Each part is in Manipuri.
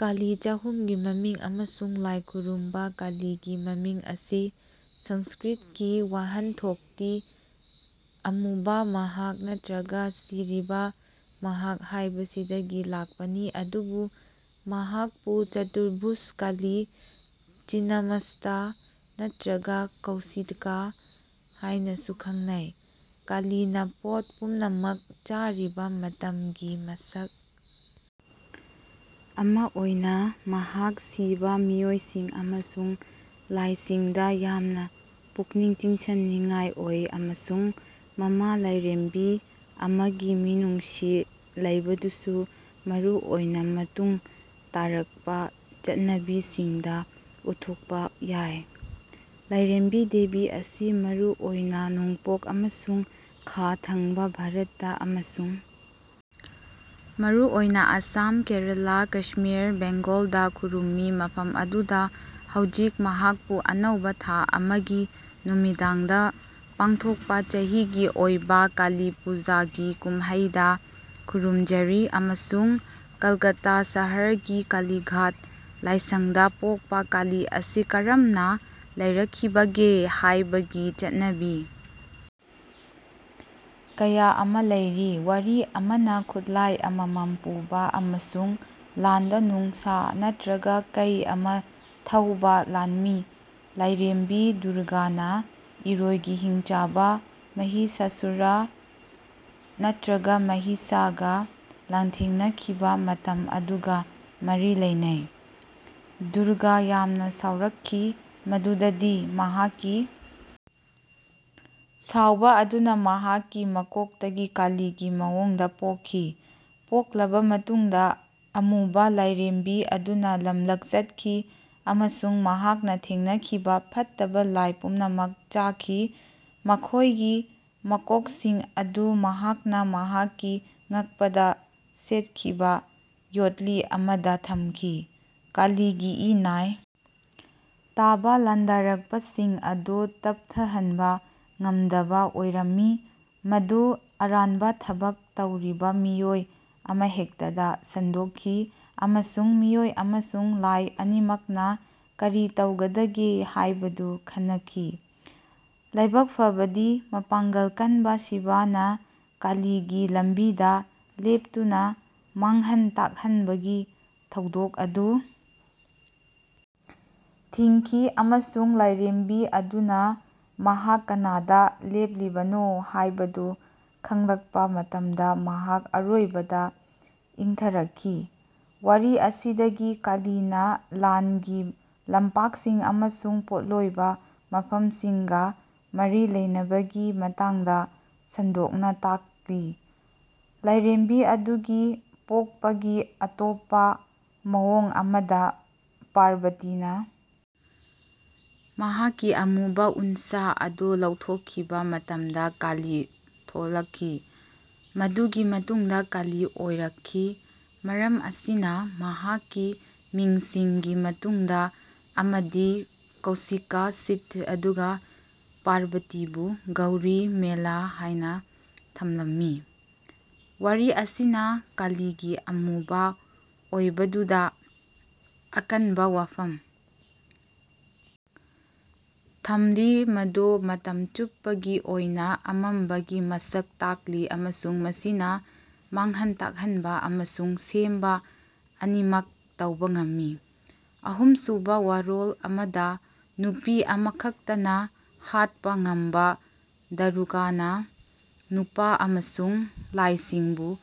ꯀꯥꯂꯤ ꯆꯍꯨꯝꯒꯤ ꯃꯃꯤꯡ ꯑꯃꯁꯨꯡ ꯂꯥꯏ ꯈꯨꯔꯨꯝꯕ ꯀꯥꯂꯤꯒꯤ ꯃꯃꯤꯡ ꯑꯁꯤ ꯁꯪꯁꯀ꯭ꯔꯤꯠꯀꯤ ꯋꯥꯍꯟꯊꯣꯛꯇꯤ ꯑꯃꯨꯕ ꯃꯍꯥꯛ' ꯅꯠꯇ꯭ꯔꯒ ꯁꯤꯔꯤꯕ ꯃꯍꯥꯛ' ꯍꯥꯏꯕꯁꯤꯗꯒꯤ ꯂꯥꯛꯄꯅꯤ, ꯑꯗꯨꯕꯨ ꯃꯍꯥꯛꯄꯨ ꯆꯇꯨꯔꯚꯨꯖ ꯀꯥꯂꯤ, ꯆꯤꯟꯅꯃꯁꯇꯥ ꯅꯠꯇ꯭ꯔꯒ ꯀꯧꯁꯤꯀꯥ ꯍꯥꯏꯅꯁꯨ ꯈꯪꯅꯩ꯫ ꯀꯥꯂꯤꯅ ꯄꯣꯠ ꯄꯨꯝꯅꯃꯛ ꯆꯥꯔꯤꯕ ꯃꯇꯝꯒꯤ ꯃꯁꯛ ꯑꯃ ꯑꯣꯏꯅ ꯃꯍꯥꯛ ꯁꯤꯕ ꯃꯤꯑꯣꯏꯁꯤꯡ ꯑꯃꯁꯨꯡ ꯂꯥꯏꯁꯤꯡꯗ ꯌꯥꯝꯅ ꯄꯨꯛꯅꯤꯡ ꯆꯤꯡꯁꯤꯟꯅꯤꯡꯉꯥꯏ ꯑꯣꯏ ꯑꯃꯁꯨꯡ ꯃꯃꯥ ꯂꯥꯏꯔꯦꯝꯕꯤ ꯑꯃꯒꯤ ꯃꯤꯅꯨꯡꯁꯤ ꯂꯩꯕꯗꯨꯁꯨ (ꯃꯔꯨꯑꯣꯏꯅ ꯃꯇꯨꯡ ꯇꯥꯔꯛꯄ ꯆꯠꯅꯕꯤꯁꯤꯡꯗ) ꯎꯠꯊꯣꯛꯄ ꯌꯥꯏ꯫ ꯂꯥꯏꯔꯦꯝꯕꯤ (ꯗꯦꯕꯤ) ꯑꯁꯤ ꯃꯔꯨꯑꯣꯏꯅ ꯅꯣꯡꯄꯣꯛ ꯑꯃꯁꯨꯡ ꯈꯥ ꯊꯪꯕ ꯚꯥꯔꯠꯇ ꯑꯃꯁꯨꯡ ꯃꯔꯨꯑꯣꯏꯅ ꯑꯁꯥꯝ, ꯀꯦꯔꯂꯥ, ꯀꯁꯃꯤꯔ, ꯕꯦꯡꯒꯣꯜꯗ ꯈꯨꯔꯨꯝꯃꯤ ꯃꯐꯝ ꯑꯗꯨꯗ ꯍꯧꯖꯤꯛ ꯃꯍꯥꯛꯄꯨ ꯑꯅꯧꯕ ꯊꯥ ꯑꯃꯒꯤ ꯅꯨꯃꯤꯗꯥꯡꯗ ꯄꯥꯡꯊꯣꯛꯄ ꯆꯍꯤꯒꯤ ꯑꯣꯏꯕ ꯀꯥꯂꯤ ꯄꯨꯖꯥꯒꯤ ꯀꯨꯝꯍꯩꯗ ꯈꯨꯔꯨꯝꯖꯔꯤ ꯑꯃꯁꯨꯡ ꯀꯜꯀꯥꯇꯥ ꯁꯍꯔꯒꯤ ꯀꯥꯂꯤꯘꯥꯠ ꯂꯥꯏꯁꯪꯗ ꯄꯣꯛꯄ ꯀꯥꯂꯤ ꯑꯁꯤ ꯀꯔꯝꯅ ꯂꯩꯔꯛꯈꯤꯕꯒꯦ ꯍꯥꯏꯕꯒꯤ ꯆꯠꯅꯕꯤ ꯀꯌꯥ ꯑꯃ ꯂꯩꯔꯤ꯫ ꯋꯥꯔꯤ ꯑꯃꯅ ꯈꯨꯠꯂꯥꯏ ꯑꯃꯃꯝ ꯄꯨꯕ ꯑꯃꯁꯨꯡ ꯂꯥꯟꯗ ꯅꯣꯡꯁꯥ ꯅꯠꯇ꯭ꯔꯒ ꯀꯩ ꯑꯃ ꯊꯧꯕ ꯂꯥꯟꯃꯤ ꯂꯥꯏꯔꯦꯝꯕꯤ ꯗꯨꯔꯒꯥꯅ ꯏꯔꯣꯏꯒꯤ ꯍꯤꯡꯆꯥꯕ ꯃꯍꯤꯁꯥꯁꯨꯔ (ꯅꯠꯇ꯭ꯔꯒ ꯃꯍꯤꯁꯥ)ꯒ ꯂꯥꯟꯊꯦꯡꯅꯈꯤꯕ ꯃꯇꯝ ꯑꯗꯨꯒ ꯃꯔꯤ ꯂꯩꯅꯩ꯫ ꯗꯨꯔꯒꯥ ꯌꯥꯝꯅ ꯁꯥꯎꯔꯛꯈꯤ ꯃꯗꯨꯗꯗꯤ ꯃꯍꯥꯛꯀꯤ ꯁꯥꯎꯕ ꯑꯗꯨꯅ ꯃꯍꯥꯛꯀꯤ ꯃꯀꯣꯛꯇꯒꯤ ꯀꯥꯂꯤꯒꯤ ꯃꯑꯣꯡꯗ ꯄꯣꯛꯈꯤ꯫ ꯄꯣꯛꯂꯕ ꯃꯇꯨꯡꯗ ꯑꯃꯨꯕ ꯂꯥꯏꯔꯦꯝꯕꯤ ꯑꯗꯨꯅ ꯂꯝꯂꯛ ꯆꯠꯈꯤ ꯑꯃꯁꯨꯡ ꯃꯍꯥꯛꯅ ꯊꯦꯡꯅꯈꯤꯕ ꯐꯠꯇꯕ ꯂꯥꯏ ꯄꯨꯝꯅꯃꯛ ꯆꯥꯈꯤ, ꯃꯈꯣꯏꯒꯤ ꯃꯀꯣꯛꯁꯤꯡ ꯑꯗꯨ ꯃꯍꯥꯛꯅ ꯃꯍꯥꯛꯀꯤ ꯉꯛꯄꯗ ꯁꯦꯠꯈꯤꯕ ꯌꯣꯠꯂꯤ ꯑꯃꯗ ꯊꯝꯈꯤ꯫ ꯀꯥꯂꯤꯒꯤ ꯏ-ꯅꯥꯏ ꯇꯥꯕ ꯂꯥꯟꯗꯥꯔꯛꯄꯁꯤꯡ ꯑꯗꯨ ꯇꯞꯊꯍꯟꯕ ꯉꯝꯗꯕ ꯑꯣꯏꯔꯝꯃꯤ, ꯃꯗꯨ ꯑꯔꯥꯟꯕ ꯊꯕꯛ ꯇꯧꯔꯤꯕ ꯃꯤꯑꯣꯏ ꯑꯃꯍꯦꯛꯇꯗ ꯁꯟꯗꯣꯛꯈꯤ, ꯑꯃꯁꯨꯡ ꯃꯤꯑꯣꯏ ꯑꯃꯁꯨꯡ ꯂꯥꯏ ꯑꯅꯤꯃꯛꯅ ꯀꯔꯤ ꯇꯧꯒꯗꯒꯦ ꯍꯥꯏꯕꯗꯨ ꯈꯟꯅꯈꯤ꯫ ꯂꯥꯏꯕꯛ ꯐꯕꯗꯤ, ꯃꯄꯥꯡꯒꯜ ꯀꯟꯕ ꯁꯤꯕꯅ ꯀꯥꯂꯤꯒꯤ ꯂꯝꯕꯤꯗ ꯂꯦꯞꯇꯨꯅ ꯃꯥꯡꯍꯟ-ꯇꯥꯛꯍꯟꯕꯒꯤ ꯊꯧꯗꯣꯛ ꯑꯗꯨ ꯊꯤꯡꯈꯤ, ꯑꯃꯁꯨꯡ ꯂꯥꯏꯔꯦꯝꯕꯤ ꯑꯗꯨꯅ ꯃꯍꯥꯛ ꯀꯅꯥꯗ ꯂꯦꯞꯂꯤꯕꯅꯣ ꯍꯥꯏꯕꯗꯨ ꯈꯪꯂꯛꯄ ꯃꯇꯝꯗ ꯃꯍꯥꯛ ꯑꯔꯣꯏꯕꯗ ꯏꯪꯊꯔꯛꯈꯤ꯫ ꯋꯥꯔꯤ ꯑꯁꯤꯗꯒꯤ ꯀꯥꯂꯤꯅ ꯂꯥꯟꯒꯤ ꯂꯝꯄꯥꯛꯁꯤꯡ ꯑꯃꯁꯨꯡ ꯄꯣꯠꯂꯣꯏꯕ ꯃꯐꯝꯁꯤꯡꯒ ꯃꯔꯤ ꯂꯩꯅꯕꯒꯤ ꯃꯇꯥꯡꯗ ꯁꯟꯗꯣꯛꯅ ꯇꯥꯛꯂꯤ꯫ ꯂꯥꯏꯔꯦꯝꯕꯤ ꯑꯗꯨꯒꯤ ꯄꯣꯛꯄꯒꯤ ꯑꯇꯣꯞꯄ ꯃꯑꯣꯡ ꯑꯃꯗ, ꯄꯥꯔꯕꯇꯤꯅ ꯃꯍꯥꯛꯀꯤ ꯑꯃꯨꯕ ꯎꯟꯁꯥ ꯑꯗꯨ ꯂꯧꯊꯣꯛꯈꯤꯕ ꯃꯇꯝꯗ ꯀꯥꯂꯤ ꯊꯣꯛꯂꯛꯈꯤ꯫ ꯃꯗꯨꯒꯤ ꯃꯇꯨꯡꯗ ꯀꯥꯂꯤ ꯑꯣꯏꯔꯛꯈꯤ, ꯃꯔꯝ ꯑꯁꯤꯅ ꯃꯍꯥꯛꯀꯤ ꯃꯤꯡꯁꯤꯡꯒꯤ ꯃꯅꯨꯡꯗ ꯑꯃꯗꯤ ꯀꯧꯁꯤꯀꯥ (ꯁꯤꯊ), ꯑꯗꯨꯒ ꯄꯥꯔꯕꯇꯤꯕꯨ ꯒꯧꯔꯤ (ꯃꯦꯂꯥ) ꯍꯥꯏꯅ ꯊꯝꯂꯝꯃꯤ꯫ ꯋꯥꯔꯤ ꯑꯁꯤꯅ ꯀꯥꯂꯤꯒꯤ ꯑꯃꯨꯕ ꯑꯣꯏꯕꯗꯨꯗ ꯑꯀꯟꯕ ꯋꯥꯐꯝ ꯊꯝꯂꯤ ꯃꯗꯨ ꯃꯇꯝ ꯆꯨꯞꯄꯒꯤ ꯑꯣꯏꯅ ꯑꯃꯝꯕꯒꯤ ꯃꯁꯛ ꯇꯥꯛꯂꯤ ꯑꯃꯁꯨꯡ ꯃꯁꯤꯅ ꯃꯥꯡꯍꯟ ꯇꯥꯛꯍꯟꯕ ꯑꯃꯁꯨꯡ ꯁꯦꯝꯕ ꯑꯅꯤꯃꯛ ꯇꯧꯕ ꯉꯝꯃꯤ꯫ ꯑꯍꯨꯝꯁꯨꯕ ꯋꯥꯔꯣꯜ ꯑꯃꯗ, ꯅꯨꯄꯤ ꯑꯃꯈꯛꯇꯅ ꯍꯥꯠꯄ ꯉꯝꯕ ꯗꯥꯔꯨꯀꯥꯅ ꯅꯨꯄꯥ ꯑꯃꯁꯨꯡ ꯂꯥꯏꯁꯤꯡꯕꯨ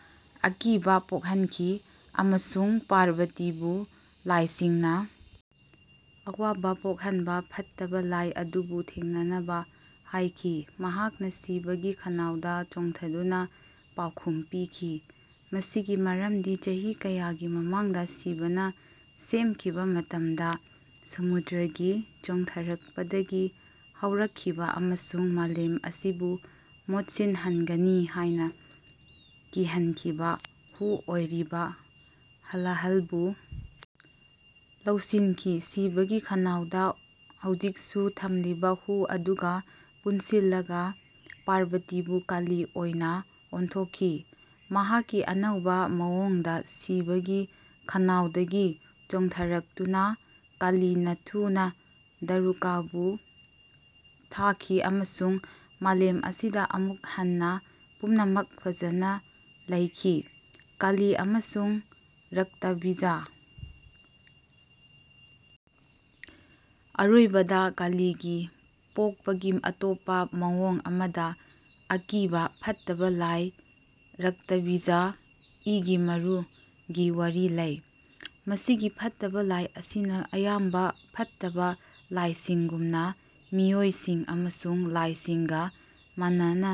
ꯑꯀꯤꯕ ꯄꯣꯛꯍꯟꯈꯤ, ꯑꯃꯁꯨꯡ ꯄꯥꯔꯕꯇꯤꯕꯨ ꯂꯥꯏꯁꯤꯡꯅ ꯑꯋꯥꯕ ꯄꯣꯛꯍꯟꯕ ꯐꯠꯇꯕ ꯂꯥꯏ ꯑꯗꯨꯕꯨ ꯊꯦꯡꯅꯅꯕ ꯍꯥꯏꯈꯤ꯫ ꯃꯍꯥꯛꯅ ꯁꯤꯕꯒꯤ ꯈꯅꯥꯎꯗ ꯆꯣꯡꯊꯗꯨꯅ ꯄꯥꯎꯈꯨꯝ ꯄꯤꯈꯤ꯫ ꯃꯁꯤꯒꯤ ꯃꯔꯝꯗꯤ ꯆꯍꯤ ꯀꯌꯥꯒꯤ ꯃꯃꯥꯡꯗ ꯁꯤꯕꯅ ꯁꯦꯝꯈꯤꯕ ꯃꯇꯝꯗ ꯁꯃꯨꯗ꯭ꯔꯒꯤ ꯆꯣꯡꯊꯔꯛꯄꯗꯒꯤ ꯍꯧꯔꯛꯈꯤꯕ ꯑꯃꯁꯨꯡ ꯃꯥꯂꯦꯝ ꯑꯁꯤꯕꯨ ꯃꯣꯠꯁꯤꯟꯍꯟꯒꯅꯤ ꯍꯥꯏꯅ ꯀꯤꯍꯟꯈꯤꯕ ꯍꯨ ꯑꯣꯏꯔꯤꯕ ꯍꯂꯥꯍꯜꯕꯨ ꯂꯧꯁꯤꯟꯈꯤ꯫ ꯁꯤꯕꯒꯤ ꯈꯅꯥꯎꯗ ꯍꯧꯖꯤꯛꯁꯨ ꯊꯝꯂꯤꯕ ꯍꯨ ꯑꯗꯨꯒ ꯄꯨꯟꯁꯤꯜꯂꯒ ꯄꯥꯔꯕꯇꯤꯕꯨ ꯀꯥꯂꯤ ꯑꯣꯏꯅ ꯑꯣꯟꯊꯣꯛꯈꯤ꯫ ꯃꯍꯥꯛꯀꯤ ꯑꯅꯧꯕ ꯃꯑꯣꯡꯗ ꯁꯤꯕꯒꯤ ꯈꯅꯥꯎꯗꯒꯤ ꯆꯣꯡꯊꯔꯛꯇꯨꯅ, ꯀꯥꯂꯤꯅ ꯊꯨꯅ ꯗꯥꯔꯨꯀꯥꯕꯨ ꯊꯥꯈꯤ ꯑꯃꯁꯨꯡ ꯃꯥꯂꯦꯝ ꯑꯁꯤꯗ ꯑꯃꯨꯛ ꯍꯟꯅ ꯄꯨꯝꯅꯃꯛ ꯐꯖꯅ ꯂꯩꯈꯤ꯫ ꯀꯥꯂꯤ ꯑꯃꯁꯨꯡ ꯔꯛꯇꯥꯕꯤꯖꯥ ꯑꯔꯣꯏꯕꯗ, ꯀꯥꯂꯤꯒꯤ ꯄꯣꯛꯄꯒꯤ ꯑꯇꯣꯞꯄ ꯃꯑꯣꯡ ꯑꯃꯗ, ꯑꯀꯤꯕ ꯐꯠꯇꯕ ꯂꯥꯏ ꯔꯛꯇꯥꯕꯤꯖ (ꯏꯒꯤ ꯃꯔꯨ)ꯒꯤ ꯋꯥꯔꯤ ꯂꯩ꯫ ꯃꯁꯤꯒꯤ ꯐꯠꯇꯕ ꯂꯥꯏ ꯑꯁꯤꯅ ꯑꯌꯥꯝꯕ ꯐꯠꯇꯕ ꯂꯥꯏꯁꯤꯡꯒꯨꯝꯅ ꯃꯤꯑꯣꯏꯁꯤꯡ ꯑꯃꯁꯨꯡ ꯂꯥꯏꯁꯤꯡꯒ ꯃꯥꯟꯅꯅ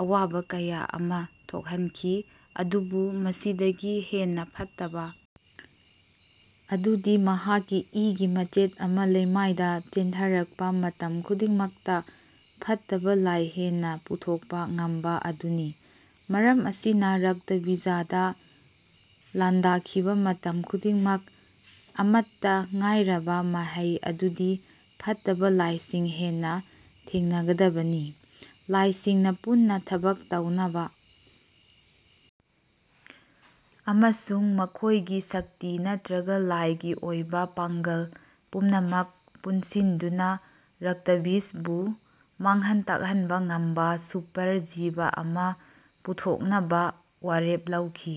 ꯑꯋꯥꯕ ꯀꯌꯥ ꯑꯃ ꯊꯣꯛꯍꯟꯈꯤ ꯑꯗꯨꯕꯨ ꯃꯁꯤꯗꯒꯤ ꯍꯦꯟꯅ ꯐꯠꯇꯕ ꯑꯗꯨꯗꯤ ꯃꯍꯥꯛꯀꯤ ꯏꯒꯤ ꯃꯆꯦꯠ ꯑꯃ ꯂꯩꯃꯥꯏꯗ ꯆꯦꯟꯊꯔꯛꯄ ꯃꯇꯝ ꯈꯨꯗꯤꯡꯃꯛꯇ ꯐꯠꯇꯕ ꯂꯥꯏ ꯍꯦꯟꯅ ꯄꯨꯊꯣꯛꯄ ꯉꯝꯕ ꯑꯗꯨꯅꯤ꯫ ꯃꯔꯝ ꯑꯁꯤꯅ ꯔꯛꯇꯥꯕꯤꯖꯥꯗ ꯂꯥꯟꯗꯥꯈꯤꯕ ꯃꯇꯝ ꯈꯨꯗꯤꯡꯃꯛ ꯑꯃꯠꯇ ꯉꯥꯏꯔꯕ ꯃꯍꯩ ꯑꯗꯨꯗꯤ ꯐꯠꯇꯕ ꯂꯥꯏꯁꯤꯡ ꯍꯦꯟꯅ ꯊꯦꯡꯅꯒꯗꯕꯅꯤ꯫ ꯂꯥꯏꯁꯤꯡꯅ ꯄꯨꯟꯅ ꯊꯕꯛ ꯇꯧꯅꯕ ꯑꯃꯁꯨꯡ ꯃꯈꯣꯏꯒꯤ ꯁꯛꯇꯤ ꯅꯠꯇ꯭ꯔꯒ ꯂꯥꯏꯒꯤ ꯑꯣꯏꯕ ꯄꯥꯡꯒꯜ ꯄꯨꯝꯅꯃꯛ ꯄꯨꯟꯁꯤꯟꯗꯨꯅ ꯔꯛꯇꯥꯕꯤꯖꯕꯨ ꯃꯥꯡꯍꯟ ꯇꯥꯛꯍꯟꯕ ꯉꯝꯕ ꯁꯨꯄꯔ ꯖꯤꯕ ꯑꯃ ꯄꯨꯊꯣꯛꯅꯕ ꯋꯥꯔꯦꯞ ꯂꯧꯈꯤ꯫